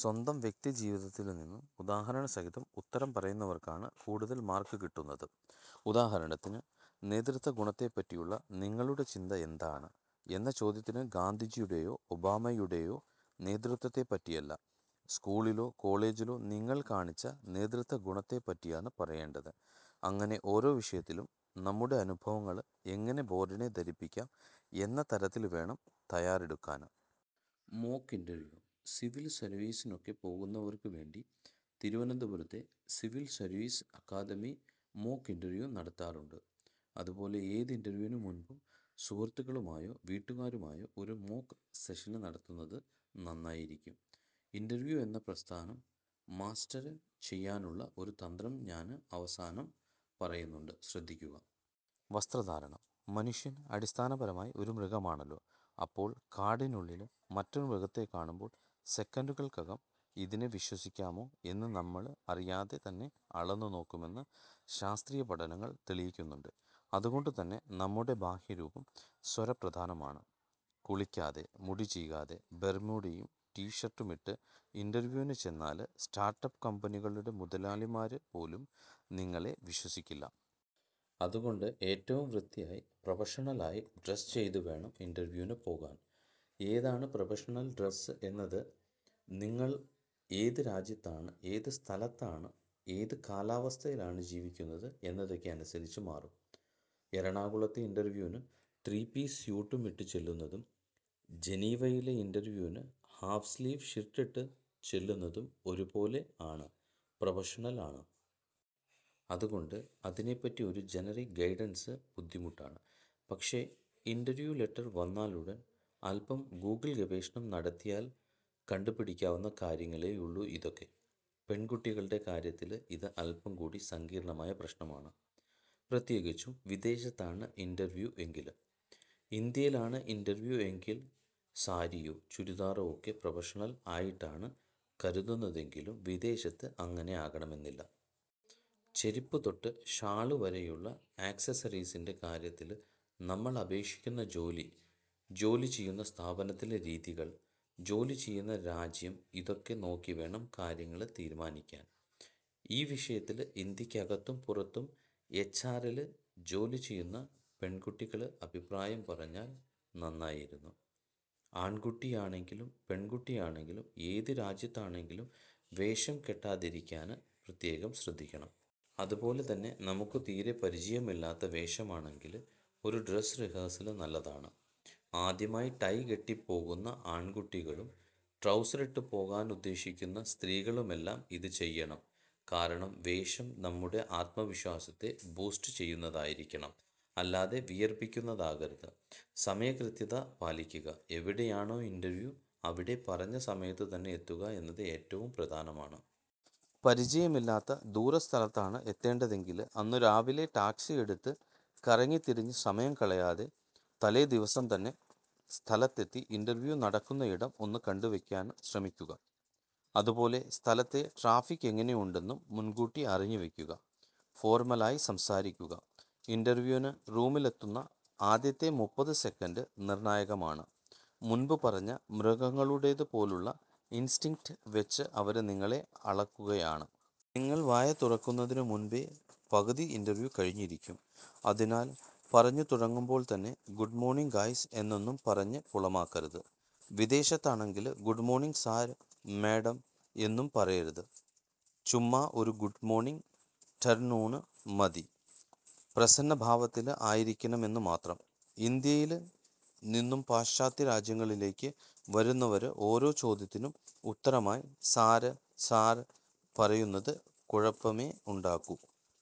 സ്വന്തം വ്യക്തിജീവിതത്തില് നിന്നും ഉദാഹരണസഹിതം ഉത്തരം പറയുന്നവര്ക്കാണ് കൂടുതല് മാര്ക്ക് കിട്ടുന്നത്. ഉദാഹരണത്തിന് 'നേതൃത്വഗുണത്തെപ്പറ്റിയുള്ള നിങ്ങളുടെ ചിന്ത എന്താണ്. ' എന്ന ചോദ്യത്തിന് ഗാന്ധിജിയുടെയോ ഒബാമയുടെയോ നേതൃത്വത്തെപ്പറ്റിയല്ല, സ്കൂളിലോ കോളേജിലോ നിങ്ങള് കാണിച്ച നേതൃത്വഗുണത്തെപ്പറ്റിയാണ് പറയേണ്ടത്. അങ്ങനെ ഓരോ വിഷയത്തിലും നമ്മുടെ അനുഭവങ്ങള് എങ്ങനെ ബോര്ഡിനെ ധരിപ്പിക്കാം എന്ന തരത്തില് വേണം തയ്യാറെടുക്കാന്.. മോക്ക് ഇന്റര്വ്യൂ:സിവില് സര്വീസിനൊക്കെ പോകുന്നവര്ക്കു വേണ്ടി തിരുവനന്തപുരത്തെ civil service academy mock interview നടത്താറുണ്ട്. അതുപോലെ ഏത് ഇന്റര്വ്യൂവിന് മുന്പും സുഹൃത്തുക്കളുമായോ വീട്ടുകാരുമായോ ഒരു മോക്ക് സെഷന് നടത്തുന്നത് നന്നായിരിക്കും. ഇന്റര്വ്യൂ എന്ന പ്രസ്ഥാനം മാസ്റ്റര് ചെയ്യാനുള്ള ഒരു തന്ത്രം ഞാന് അവസാനം പറയുന്നുണ്ട്, ശ്രദ്ധിക്കുക.. വസ്ത്രധാരണം:മനുഷ്യന് അടിസ്ഥാനപരമായി ഒരു മൃഗമാണല്ലോ. അപ്പോള് കാടിനുള്ളില് മറ്റൊരു മൃഗത്തെ കാണുമ്പോള് സെക്കന്റുകള്ക്കകം 'ഇതിനെ വിശ്വസിക്കാമോ' എന്ന് നമ്മള് അറിയാതെ തന്നെ അളന്നു നോക്കുമെന്ന് ശാസ്ത്രീയപഠനങ്ങള് തെളിയിക്കുന്നുണ്ട്. അതുകൊണ്ടുതന്നെ നമ്മുടെ ബാഹ്യരൂപം സര്വപ്രധാനമാണ്. കുളിക്കാതെ, മുടി ചീകാതെ, ബര്മുഡയും ടീഷര്ട്ടുമിട്ട് ഇന്റര്വ്യൂവിന് ചെന്നാല് സ്റ്റാര്ട്ടപ്പ് കമ്പനികളുടെ മുതലാളിമാര് പോലും നിങ്ങളെ വിശ്വസിക്കില്ല. അതുകൊണ്ട് ഏറ്റവും വൃത്തിയായി പ്രൊഫഷണലായി ഡ്രസ്സ് ചെയ്തുവേണം ഇന്റര്വ്യൂവിന് പോകാന്. ഏതാണ് പ്രൊഫഷണല് ഡ്രസ്സ് എന്നത് നിങ്ങള് ഏതു രാജ്യത്താണ്, ഏതു സ്ഥലത്താണ്, ഏത് കാലാവസ്ഥയിലാണ് ജീവിക്കുന്നത് എന്നതൊക്കെ അനുസരിച്ച് മാറും. എറണാകുളത്തെ ഇന്റര്വ്യൂവിന് ത്രീ പീസ് സ്യൂട്ട് ഇട്ടു ചെല്ലുന്നതും ജനീവയിലെ ഇന്റര്വ്യൂവിന് ഹാഫ് സ്ലീവ് ഷിര്ട്ടിട്ടു ചെല്ലുന്നതും ഒരുപോലെ അണ്പ്രൊഫഷണലാണ്. അതുകൊണ്ട് അതിനെപ്പറ്റി ഒരു ജനറിക് ഗൈഡന്സ് ബുദ്ധിമുട്ടാണ്. പക്ഷെ ഇന്റര്വ്യൂ ലെറ്റര് വന്നാലുടന് അല്പം ഗൂഗിള് ഗവേഷണം നടത്തിയാല് കണ്ടുപിടിക്കാവുന്ന കാര്യങ്ങളേയുള്ളു ഇതൊക്കെ. പെണ്കുട്ടികളുടെ കാര്യത്തില് ഇത് അല്പം കൂടി സങ്കീര്ണ്ണമായ പ്രശ്നമാണ്. പ്രത്യേകിച്ചും വിദേശത്താണ് ഇന്റര്വ്യൂ എങ്കില്. ഇന്ത്യയിലാണ് ഇന്റര്വ്യൂ എങ്കില് സാരിയോ ചുരിദാറോ ഒക്കെ പ്രൊഫഷണല് ആയിട്ടാണ് കരുതുന്നതെങ്കിലും വിദേശത്ത് അങ്ങനെ ആകണമെന്നില്ല. ചെരിപ്പ് തൊട്ട് ഷാള് വരെയുള്ള ആക്സസസറീസിന്റെ കാര്യത്തില് നമ്മള് അപേക്ഷിക്കുന്ന ജോലി, ജോലി ചെയ്യുന്ന സ്ഥാപനത്തിലെ രീതികള്, ജോലി ചെയ്യുന്ന രാജ്യം ഇതൊക്കെ നോക്കിവേണം കാര്യങ്ങള് തീരുമാനിക്കാന്. ഈ വിഷയത്തില് ഇന്ത്യക്കകത്തും പുറത്തും എച്ച്ആറില് ജോലി ചെയ്യുന്ന പെണ്കുട്ടികള് അഭിപ്രായം പറഞ്ഞാല് നന്നായിരുന്നു. ആണ്കുട്ടിയാണെങ്കിലും പെണ്കുട്ടിയാണെങ്കിലും ഏതു രാജ്യത്താണെങ്കിലും 'വേഷം കെട്ടാ'തിരിക്കാന് പ്രത്യേകം ശ്രദ്ധിക്കണം. അതുപോലെ തന്നെ നമുക്ക് തീരെ പരിചയമില്ലാത്ത വേഷമാണെങ്കില് ഒരു ഡ്രസ്സ് റിഹേഴ്സല് നല്ലതാണ്. ആദ്യമായി ടൈ കെട്ടിപ്പോകുന്ന ആണ്കുട്ടികളും ട്രൗസറിട്ട് പോകാനുദ്ദേശിക്കുന്ന സ്ത്രീകളുമെല്ലാം ഇത് ചെയ്യണം. കാരണം വേഷം നമ്മുടെ ആത്മവിശ്വാസത്തെ ബൂസ്റ്റ് ചെയ്യുന്നതായിരിക്കണം, അല്ലാതെ വിയര്പ്പിക്കുന്നതാകരുത്.. സമയകൃത്യത പാലിക്കുക:എവിടെയാണോ ഇന്റര്വ്യൂ അവിടെ പറഞ്ഞ സമയത്തു തന്നെ എത്തുക എന്നത് ഏറ്റവും പ്രധാനമാണ്. പരിചയമില്ലാത്ത ദൂരസ്ഥലത്താണ് എത്തേണ്ടതെങ്കില് അന്നുരാവിലെ ടാക്സിയെടുത്ത് കറങ്ങിത്തിരിഞ്ഞ് സമയം കളയാതെ തലേദിവസം തന്നെ സ്ഥലത്തെത്തി ഇന്റര്വ്യൂ നടക്കുന്നയിടം ഒന്നു കണ്ടുവെക്കാന് ശ്രമിക്കുക. അതുപോലെ സ്ഥലത്തെ ട്രാഫിക് എങ്ങനെയുണ്ടെന്നും മുന്കൂട്ടി അറിഞ്ഞുവെക്കുക.. ഫോര്മലായി സംസാരിക്കുക:ഇന്റര്വ്യൂവിന് റൂമിലെത്തുന്ന ആദ്യത്തെ മുപ്പത് സെക്കന്റ് നിര്ണ്ണായകമാണ്. മുന്പ് പറഞ്ഞ മൃഗങ്ങളുടേതു പോലുള്ള ഇന്സ്റ്റിന്ക്ട് വെച്ച് അവര് നിങ്ങളെ അളക്കുകയാണ്. നിങ്ങള് വായ തുറക്കുന്നതിനു മുന്പേ പകുതി ഇന്റര്വ്യൂ കഴിഞ്ഞിരിക്കും. അതിനാല് പറഞ്ഞുതുടങ്ങുമ്പോള് തന്നെ 'ഗുഡ്മോര്ണിംഗ് ഗയ്സ്' എന്നൊന്നും പറഞ്ഞ് കുളമാക്കരുത്. വിദേശത്താണെങ്കില് ഗുഡ്മോര്ണിംഗ് സാര്/ മാഡം എന്നും പറയരുത്. ചുമ്മാ ഒരു ഗുഡ്മോര്ണിംഗ് ്റ്റര്നൂണ് മതി, പ്രസന്നഭാവത്തില് ആയിരിക്കണമെന്നു മാത്രം. ഇന്ത്യയില് നിന്നും പാശ്ചാത്യ രാജ്യങ്ങളിലേക്ക് വരുന്നവര് ഓരോ ചോദ്യത്തിനും ഉത്തരമായി സാര് സാര് പറയുന്നത് കുഴപ്പമേ ഉണ്ടാക്കൂ..